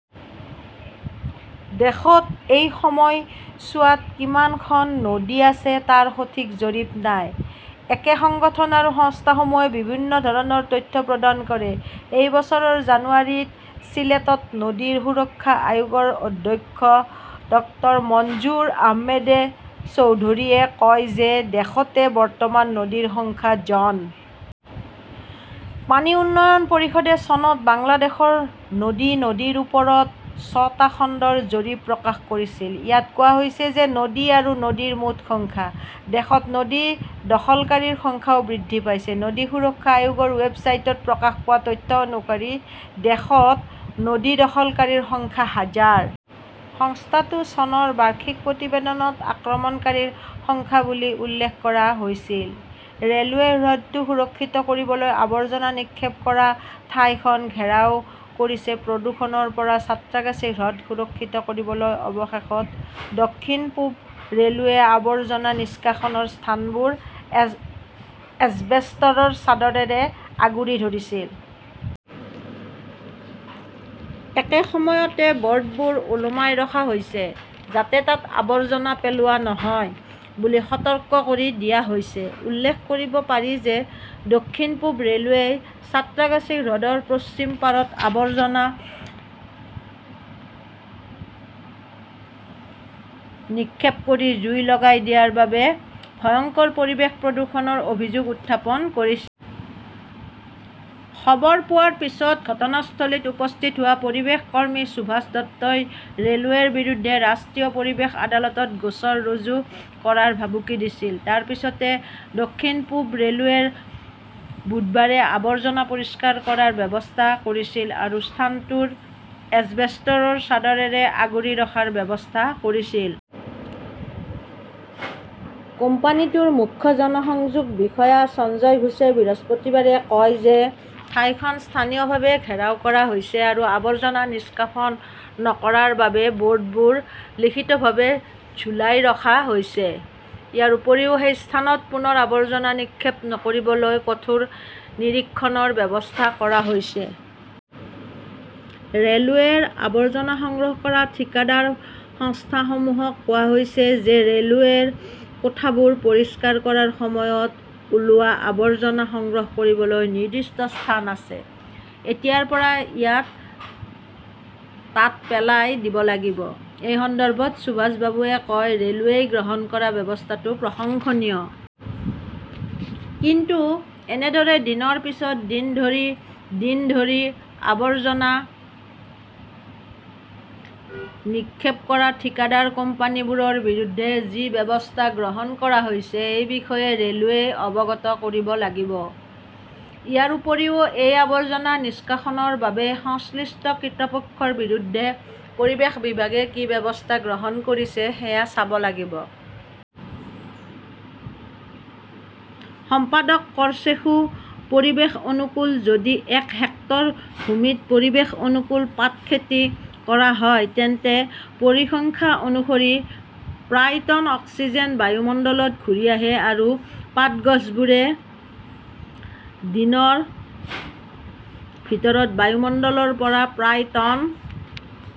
দেশত এই সময়ছোৱাত কিমানখন নদী আছে তাৰ সঠিক জৰীপ নাই। একে সংগঠন আৰু সংস্থাসমূহে বিভিন্ন ধৰণৰ তথ্য প্ৰদান কৰে। এই বছৰৰ জানুৱাৰীত চিলেটত নদী সুৰক্ষা আয়োগৰ অধ্যক্ষ ড মঞ্জুৰ আহমেদ চৌধুৰীয়ে কয় যে দেশত বৰ্তমান নদীৰ সংখ্যা জন। পানী উন্নয়ন পৰিষদে চনত বাংলাদেশৰ নদী-নদীৰ ওপৰত ছয়টা খণ্ডৰ জৰীপ প্ৰকাশ কৰিছিল। ইয়াত কোৱা হৈছে যে নদী আৰু নদীৰ মুঠ সংখ্যা। দেশত নদী দখলকাৰীৰ সংখ্যাও বৃদ্ধি পাইছে। নদী সুৰক্ষা আয়োগৰ ৱেবছাইটত প্ৰকাশ পোৱা তথ্য অনুসৰি দেশত নদী দখলকাৰীৰ সংখ্যা হাজাৰ। সংস্থাটোৰ চনৰ বাৰ্ষিক প্ৰতিবেদনত আক্ৰমণকাৰীৰ সংখ্যা বুলি উল্লেখ কৰা হৈছিল। ৰে "লৱেই হ্ৰদটো সুৰক্ষিত কৰিবলৈ আৱৰ্জনা নিক্ষেপ কৰা ঠাইখন ঘেৰাও কৰিছে প্ৰদূষণৰ পৰা সাঁত্ৰাগাছী হ্ৰদ সুৰক্ষিত কৰিবলৈ অৱশেষত দক্ষিণ-পূব ৰে 'লৱে আবৰ্জনা নিষ্কাশনৰ স্থানবোৰ এছবেষ্টৰ চাদৰেৰে আগুৰি ধৰিছিল। একে সময়তে, ব "ৰ্ডবোৰ ওলমাই ৰখা হৈছে, যাতে তাত আৱৰ্জনা পেলোৱা নহয় বুলি সতৰ্ক কৰি দিয়া হৈছে। উল্লেখ কৰিব পাৰি যে দক্ষিণ-পূব ৰে 'লৱেই সাঁত্ৰাগাছী হ্ৰদৰ পশ্চিম পাৰত আৱৰ্জনা নিক্ষেপ কৰি জুই লগাই দিয়াৰ বাবে ভয়ংকৰ পৰিৱেশ প্ৰদূষণৰ অভিযোগ উত্থাপন কৰিছিল। খবৰ পোৱাৰ পিছত ঘটনাস্থলীত উপস্থিত হোৱা পৰিৱেশ কৰ্মী সুভাষ দত্তই ৰে "লৱেৰ বিৰুদ্ধে ৰাষ্ট্ৰীয় পৰিৱেশ আদালতত গোচৰ ৰুজু কৰাৰ ভাবুকি দিছিল। তাৰ পিছতে দক্ষিণ-পূব ৰে 'লৱে বুধবাৰে আৱৰ্জনা পৰিষ্কাৰ কৰাৰ ব্যৱস্থা কৰিছিল আৰু স্থানটোক এছবেষ্টৰ চাদৰেৰে আগুৰি ৰখাৰ ব্যৱস্থা কৰিছিল। কোম্পানীটোৰ মুখ্য জনসংযোগ বিষয়া সঞ্জয় ঘোষে বৃহস্পতিবাৰে কয় যে ঠাইখন স্থায়ীভাৱে ঘেৰাও কৰা হৈছে আৰু আৱৰ্জনা নিষ্কাশন নকৰাৰ বাবে বোৰ্ডবোৰ লিখিতভাৱে ঝুলাই ৰখা হৈছে। ইয়াৰ উপৰিও, সেই স্থানত পুনৰ আৱৰ্জনা নিক্ষেপ নকৰিবলৈ কঠোৰ নিৰীক্ষণৰ ব্যৱস্থা কৰা হৈছে। "ৰে" লৱেৰ আৱৰ্জনা সংগ্ৰহ কৰা ঠিকাদাৰ সংস্থাসমূহক কোৱা হৈছে যে ৰে "লৱেৰ কোঠাবোৰ পৰিষ্কাৰ কৰাৰ সময়ত ওলোৱা আৱৰ্জনা সংগ্ৰহ কৰিবলৈ নিৰ্দিষ্ট স্থান আছে। এতিয়াৰ পৰা ইয়াক তাত পেলাই দিব লাগিব। "এই সন্দৰ্ভত সুভাষ বাবুৱে কয়", ৰে "লৱেই গ্ৰহণ কৰা ব্যৱস্থাটো প্ৰশংসনীয়। কিন্তু এনেদৰে দিনৰ পিছত দিন আৰু দিন ধৰি আৱৰ্জনা নিক্ষেপ কৰা ঠিকাদাৰ কোম্পানীবোৰৰ বিৰুদ্ধে কি ব্যৱস্থা গ্ৰহণ কৰা হৈছে সেই বিষয়ে ৰে "লৱেই অৱগত কৰিব লাগিব। ইয়াৰ উপৰিও, এই আৱৰ্জনা নিষ্কাশনৰ বাবে সংশ্লিষ্ট কৰ্তৃপক্ষৰ বিৰুদ্ধে পৰিৱেশ বিভাগে কি ব্যৱস্থা গ্ৰহণ কৰিছে সেয়া চাব লাগিব। "। সম্পাদক কৰচেশুঃ পৰিৱেশ-অনুকূল যদি এক হেক্টৰ ভূমিত পৰিৱেশ-অনুকূল পাট খেতি কৰা হয়, তেন্তে পৰিসংখ্যা অনুসৰি প্ৰায় টন অক্সিজেন বায়ুমণ্ডলত ঘূৰি আহে, আৰু পাট গছবোৰে দিনৰ ভিতৰত বায়ুমণ্ডলৰ পৰা প্ৰায় টন